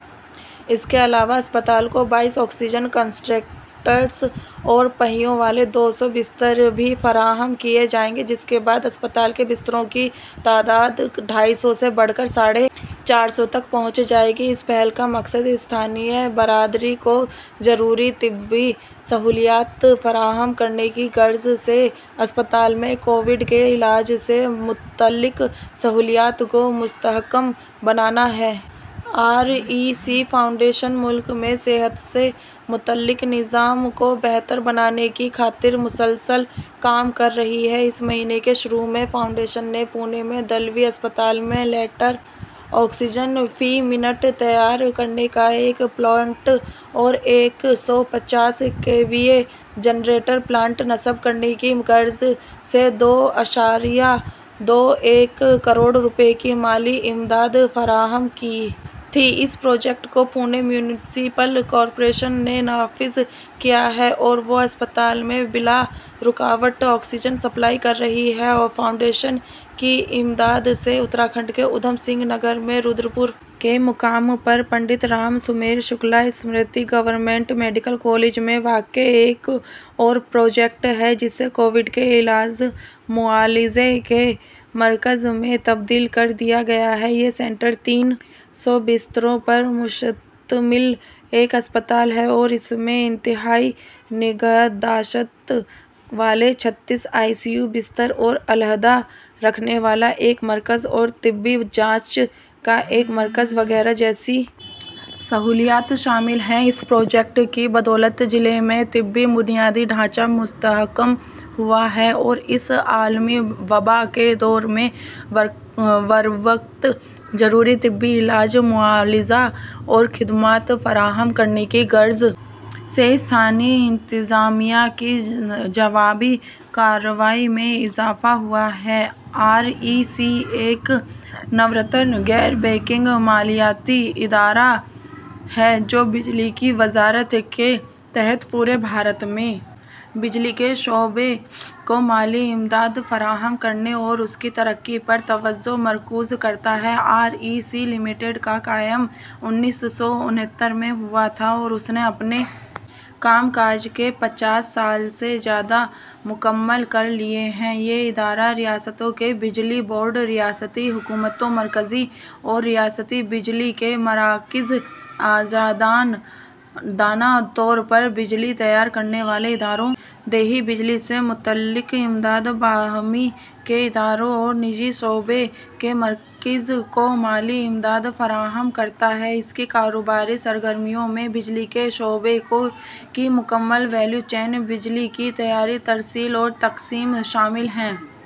اس کے علاوہ اسپتال کو بائیس آکسیجن کنسنٹریٹرز اور پہیوں والے دو سو بستر بھی فراہم کیے جائیں گے جس کے بعد اسپتال کے بستروں کی تعداد ڈھائی سو سے بڑھ کر ساڑھے چار سو تک پہنچ جائے گی اس پہل کا مقصد مقامی برادری کو ضروری طبی سہولیات فراہم کرنے کی غرض سے اسپتال میں کووڈ کے علاج سے متعلق سہولیات کو مستحکم بنانا ہے آر ای سی فاؤنڈیشن ملک میں صحت سے متعلق نظام کو بہتر بنانے کی خاطر مسلسل کام کر رہی ہے اس مہینے کے شروع میں فاؤنڈیشن نے پونے میں دلوی اسپتال میں لیٹر آکسیجن فی منٹ تیار کرنے کا ایک پلانٹ اور ایک سو پچاس K V A generator plant نصب کرنے کی غرض سے دو اعشاریہ دو ایک کروڑ روپے کی مالی امداد فراہم کی تھی اس پروجیکٹ کو پونے میونسپل کارپوریشن نے نافذ کیا ہے اور وہ اسپتال میں بلا رکاوٹ آکسیجن سپلائی کر رہی ہے فاؤنڈیشن کی امداد سے اتراکھنڈ کے اودھم سنگھ نگر میں رودرپور کے مقام پر Pandit Ram Sameer Shukla Smriti government medical college میں واقع ایک اور پروجیکٹ ہے جسے کووڈ کے علاج معالجے کے مرکز میں تبدیل کر دیا گیا ہے یہ سینٹر تین سو بستروں پر مشتمل ایک اسپتال ہے اور اس میں انتہائی نگہداشت والے چھتیس آئی سی یو بستر اور الگ تھلگ رکھنے والا ایک مرکز اور طبی جانچ کا ایک مرکز وغیرہ جیسی سہولیات شامل ہیں اس پروجیکٹ کی بدولت ضلع میں طبی بنیادی ڈھانچہ مستحکم ہوا ہے اور اس عالمی وبا کے دور میں بروقت ضروری طبی علاج معالجہ اور خدمات فراہم کرنے کی غرض سے مقامی انتظامیہ کی جوابی کارروائی میں اضافہ ہوا ہے آر ای سی ایک نورتن غیر بینکنگ مالیاتی ادارہ این بی ایف سی ہے جو بجلی کی وزارت کے تحت پورے بھارت میں بجلی کے شعبے کو مالی امداد فراہم کرنے اور اس کی ترقی پر توجہ مرکوز کرتا ہے آر ای سی لمیٹڈ کا قیام انیس سو انہتر میں ہوا تھا اور اس نے اپنے کام کاج کے پچاس سال سے زیادہ مکمل کر لیے ہیں یہ ادارہ ریاستوں کے بجلی بورڈ ریاستی حکومتوں مرکزی اور ریاستی بجلی کے مراکز آزادانہ طور پر بجلی تیار کرنے والے اداروں دیہی بجلی سے متعلق امداد باہمی کے اداروں اور نجی شعبے کے مراکز کو مالی امداد فراہم کرتا ہے اس کی کاروباری سرگرمیوں میں بجلی کے شعبے کی مکمل ویلیو چین بجلی کی تیاری ترسیل اور تقسیم شامل ہیں